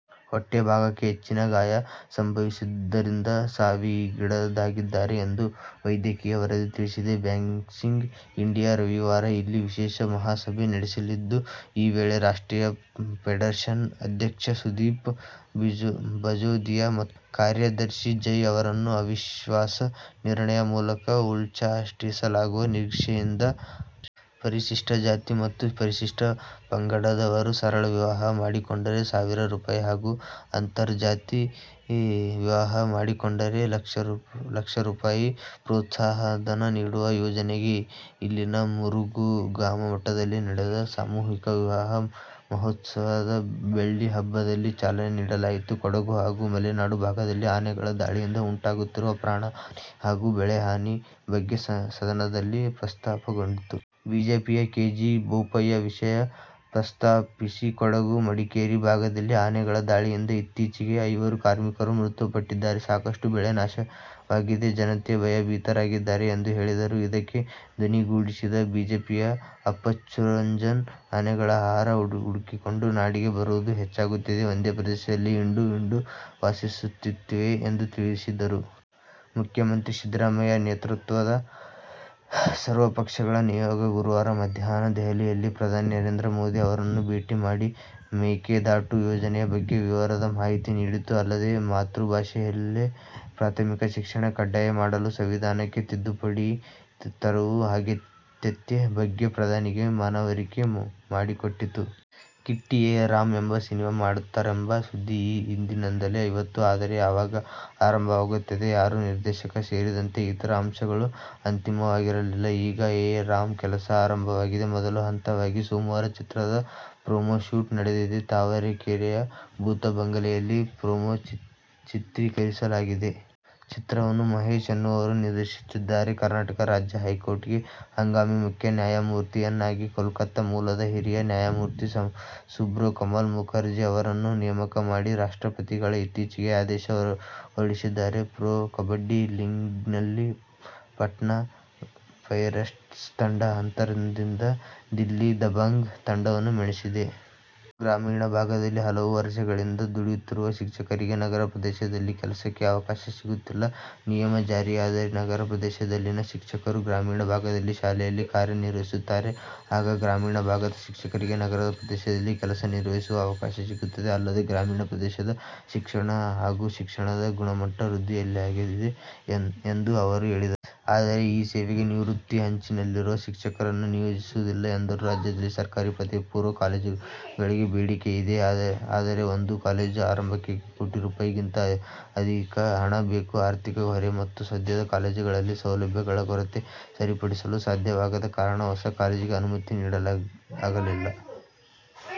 ಹೊಟ್ಟೆ ಭಾಗಕ್ಕೆ ಹೆಚ್ಚಿನ ಗಾಯ ಸಂಭವಿಸಿದ್ದರಿಂದ ಸಾವಿಗೀಡಾಗಿದ್ದಾರೆ ಎಂದು ವೈದ್ಯಕೀಯ ವರದಿ ತಿಳಿಸಿದೆ. ಬಾಕ್ಸಿಂಗ್ ಇಂಡಿಯಾ ರವಿವಾರ ಇಲ್ಲಿ ವಿಶೇಷ ಮಹಾಸಭೆ ನಡೆಸಲಿದ್ದು ಈ ವೇಳೆ ರಾಷ್ಟ್ರೀಯ ಫೆಡರೇಶನ್ ಅಧ್ಯಕ್ಷ ಸಂದೀಪ್ ಜಜೋದಿಯ ಮತ್ತು ಕಾರ್ಯದರ್ಶಿ ಜಯ್ ಅವರನ್ನು ಅವಿಶ್ವಾಸ ನಿರ್ಣಯ ಮೂಲಕ ಉಚ್ಚಾಟಿಸಲಾಗುವ ನಿರೀಕ್ಷೆಯಿದೆ. ಪರಿಶಿಷ್ಟ ಜಾತಿ ಮತ್ತು ಪರಿಶಿಷ್ಟ ಪಂಗಡದವರು ಸರಳ ವಿವಾಹ ಮಾಡಿಕೊಂಡರೆ ಸಾವಿರ ರೂ. ಹಾಗೂ ಅಂತರ್ಜಾತಿ ವಿವಾಹ ಮಾಡಿಕೊಂಡರೆ ಲಕ್ಷ ರೂ. ಪ್ರೋತ್ಸಾಹಧನ ನೀಡುವ ಯೋಜನೆಗೆ ಇಲ್ಲಿನ ಮುರುಘಾಮಠದಲ್ಲಿ ನಡೆದ ಸಾಮೂಹಿಕ ವಿವಾಹ ಮಹೋತ್ಸವದ ಬೆಳ್ಳಿಹಬ್ಬದಲ್ಲಿ ಚಾಲನೆ ನೀಡಲಾಯಿತು. ಕೊಡಗು ಹಾಗೂ ಮಲೆನಾಡು ಭಾಗದಲ್ಲಿ ಆನೆಗಳ ದಾಳಿಯಿಂದ ಉಂಟಾಗುತ್ತಿರುವ ಪ್ರಾಣ ಹಾನಿ ಹಾಗೂ ಬೆಳೆ ಹಾನಿ ಬಗ್ಗೆ ಸದನದಲ್ಲಿ ಪ್ರಸ್ತಾಪಗೊಂಡಿತು. ಬಿಜೆಪಿಯ ಕೆ. ಜೆ. ಬೋಪಯ್ಯ ವಿಷಯ ಪ್ರಸ್ತಾಪಿಸಿ, ಕೊಡಗು-ಮಡಿಕೇರಿ ಭಾಗದಲ್ಲಿ ಆನೆಗಳ ದಾಳಿಯಿಂದ ಇತ್ತೀಚೆಗೆ ಐವರು ಕಾರ್ಮಿಕರು ಮೃತ ಪಟ್ಟಿದ್ದಾರೆ. ಸಾಕಷ್ಟು ಬೆಳೆ ನಾಶವಾಗಿದೆ. ಜನತೆ ಭಯಭೀತರಾಗಿದ್ದಾರೆ ಎಂದು ಹೇಳಿದರು. ಇದಕ್ಕೆ ಧ್ವನಿಗೂಡಿಸಿದ ಬಿಜೆಪಿಯ ಅಪ್ಪಚ್ಚುರಂಜನ್, ಆನೆಗಳು ಆಹಾರ ಹುಡುಕಿಕೊಂಡು ನಾಡಿಗೆ ಬರುವುದು ಹೆಚ್ಚಾಗುತ್ತಿದೆ. ಒಂದೇ ಪ್ರದೇಶದಲ್ಲಿ ಹಿಂಡು ಹಿಂಡು ವಾಸಿಸುತ್ತಿವೆ ಎಂದು ತಿಳಿಸಿದರು. ಮುಖ್ಯಮಂತ್ರಿ ಸಿದ್ಧರಾಮಯ್ಯ ನೇತೃತ್ವದ ಸರ್ವಪಕ್ಷಗಳ ನಿಯೋಗ ಗುರುವಾರ ಮಧ್ಯಾಹ್ನ ದೆಹಲಿಯಲ್ಲಿ ಪ್ರಧಾನಿ ನರೇಂದ್ರ ಮೋದಿ ಅವರನ್ನು ಭೇಟಿ ಮಾಡಿ ಮೇಕೆದಾಟು ಯೋಜನೆಯ ಬಗ್ಗೆ ವಿವರವಾದ ಮಾಹಿತಿ ನೀಡಿತು. ಅಲ್ಲದೆ, ಮಾತೃಭಾಷೆಯಲ್ಲೇ ಪ್ರಾಥಮಿಕ ಶಿಕ್ಷಣ ಕಡ್ಡಾಯ ಮಾಡಲು ಸಂವಿಧಾನಕ್ಕೆ ತಿದ್ದುಪಡಿ ತರುವ ಅಗತ್ಯತೆ ಬಗ್ಗೆ ಪ್ರಧಾನಿಗೆ ಮನವರಿಕೆ ಮಾಡಿಕೊಟ್ಟಿತು. ಕಿಟ್ಟಿ "ಏ ರಾಮ್' ಎಂಬ ಸಿನಿಮಾ ಮಾಡುತ್ತಾರೆಂಬ ಸುದ್ದಿ ಈ ಹಿಂದಿನಿಂದಲೇ ಇತ್ತು. ಆದರೆ, ಯಾವಾಗ ಆರಂಭವಾಗುತ್ತದೆ, ಯಾರು ನಿರ್ದೇಶಕ ಸೇರಿದಂತೆ ಇತರ ಅಂಶಗಳು ಅಂತಿಮವಾಗಿರಲಿಲ್ಲ. ಈಗ "ಏ ರಾಮ್' ಕೆಲಸ ಆರಂಭವಾಗಿದೆ. ಮೊದಲ ಹಂತವಾಗಿ ಸೋಮವಾರ ಚಿತ್ರದ ಪ್ರೊಮೋ ಶೂಟ್ ನಡೆದಿದೆ. ತಾವರೆಕೆರೆಯ ಭೂತ ಬಂಗಲೆಯಲ್ಲಿ ಪ್ರೊಮೋ ಚಿತ್ರೀಕರಿಸಲಾಗಿದೆ. ಚಿತ್ರವನ್ನು ಮಹೇಶ್ ಎನ್ನುವವರು ನಿರ್ದೇಶಿಸುತ್ತಿದ್ದಾರೆ. ಕರ್ನಾಟಕ ರಾಜ್ಯ ಹೈಕೋರ್ಟ್ಗೆ ಹಂಗಾಮಿ ಮುಖ್ಯ ನ್ಯಾಯಮೂರ್ತಿಯನ್ನಾಗಿ ಕೋಲ್ಕತ್ತಾ ಮೂಲದ ಹಿರಿಯ ನ್ಯಾಯಮೂರ್ತಿ ಸುಬ್ರೋ ಕಮಲ್ ಮುಖರ್ಜಿ ಅವರನ್ನು ನೇಮಕ ಮಾಡಿ ರಾಷ್ಟ್ರಪತಿಗಳು ಇತ್ತೀಚೆಗೆ ಆದೇಶ ಹೊರಡಿಸಿದ್ದಾರೆ. ಪ್ರೊ ಕಬಡ್ಡಿ ಲೀಗ್ನಲ್ಲಿ ಪಾಟ್ನಾ ಪೈರೇಟ್ಸ್ ತಂಡ ಅಂತರದಿಂದ ದಿಲ್ಲಿ ದಬಾಂಗ್ ತಂಡವನ್ನು ಮಣಿಸಿದೆ. ಗ್ರಾಮೀಣ ಭಾಗದಲ್ಲಿ ಹಲವು ವರ್ಷಗಳಿಂದ ದುಡಿಯುತ್ತಿರುವ ಶಿಕ್ಷಕರಿಗೆ ನಗರ ಪ್ರದೇಶದಲ್ಲಿ ಕೆಲಸಕ್ಕೆ ಅವಕಾಶ ಸಿಗುತ್ತಿಲ್ಲ. ನಿಯಮ ಜಾರಿಯಾದರೆ ನಗರ ಪ್ರದೇಶದಲ್ಲಿನ ಶಿಕ್ಷಕರು ಗ್ರಾಮೀಣ ಭಾಗದ ಶಾಲೆಯಲ್ಲಿ ಕಾರ್ಯ ನಿರ್ವಹಿಸುತ್ತಾರೆ. ಆಗ ಗ್ರಾಮೀಣ ಭಾಗದ ಶಿಕ್ಷಕರಿಗೆ ನಗರ ಪ್ರದೇಶದಲ್ಲಿ ಕೆಲಸ ನಿರ್ವಹಿಸುವ ಅವಕಾಶ ಸಿಗುತ್ತದೆ. ಅಲ್ಲದೆ, ಗ್ರಾಮೀಣ ಪ್ರದೇಶದ ಶಿಕ್ಷಣ ಹಾಗೂ ಶಿಕ್ಷಣದ ಗುಣಮಟ್ಟ ವೃದ್ಧಿಯಾಗಲಿದೆ ಎಂದು ಅವರು ಹೇಳಿದರು. ಆದರೆ, ಈ ಸೇವೆಗೆ ನಿವೃತ್ತಿ ಅಂಚಿನಲ್ಲಿರುವ ಶಿಕ್ಷಕರನ್ನು ನಿಯೋಜಿಸುವುದಿಲ್ಲ ಎಂದರು. ರಾಜ್ಯದಲ್ಲಿ ಸರ್ಕಾರಿ ಪದವಿ ಪೂರ್ವ ಕಾಲೇಜುಗಳಿಗೆ ಬೇಡಿಕೆ ಇದೆ. ಆದರೆ, ಒಂದು ಕಾಲೇಜು ಆರಂಭಕ್ಕೆ ಕೋಟಿ ರೂ. ಗಿಂತ ಅಧಿಧಿಕ ಹಣ ಬೇಕು. ಆರ್ಥಿಕ ಹೊರೆ ಮತ್ತು ಸದ್ಯದ ಕಾಲೇಜುಗಳಲ್ಲಿ ಸೌಲಭ್ಯಗಳ ಕೊರತೆ ಸರಿಪಡಿಸಲು ಸಾಧ್ಯವಾಗದ ಕಾರಣ ಹೊಸ ಕಾಲೇಜಿಗೆ ಅನುಮತಿ ನೀಡಲಾಗಿಲ್ಲ.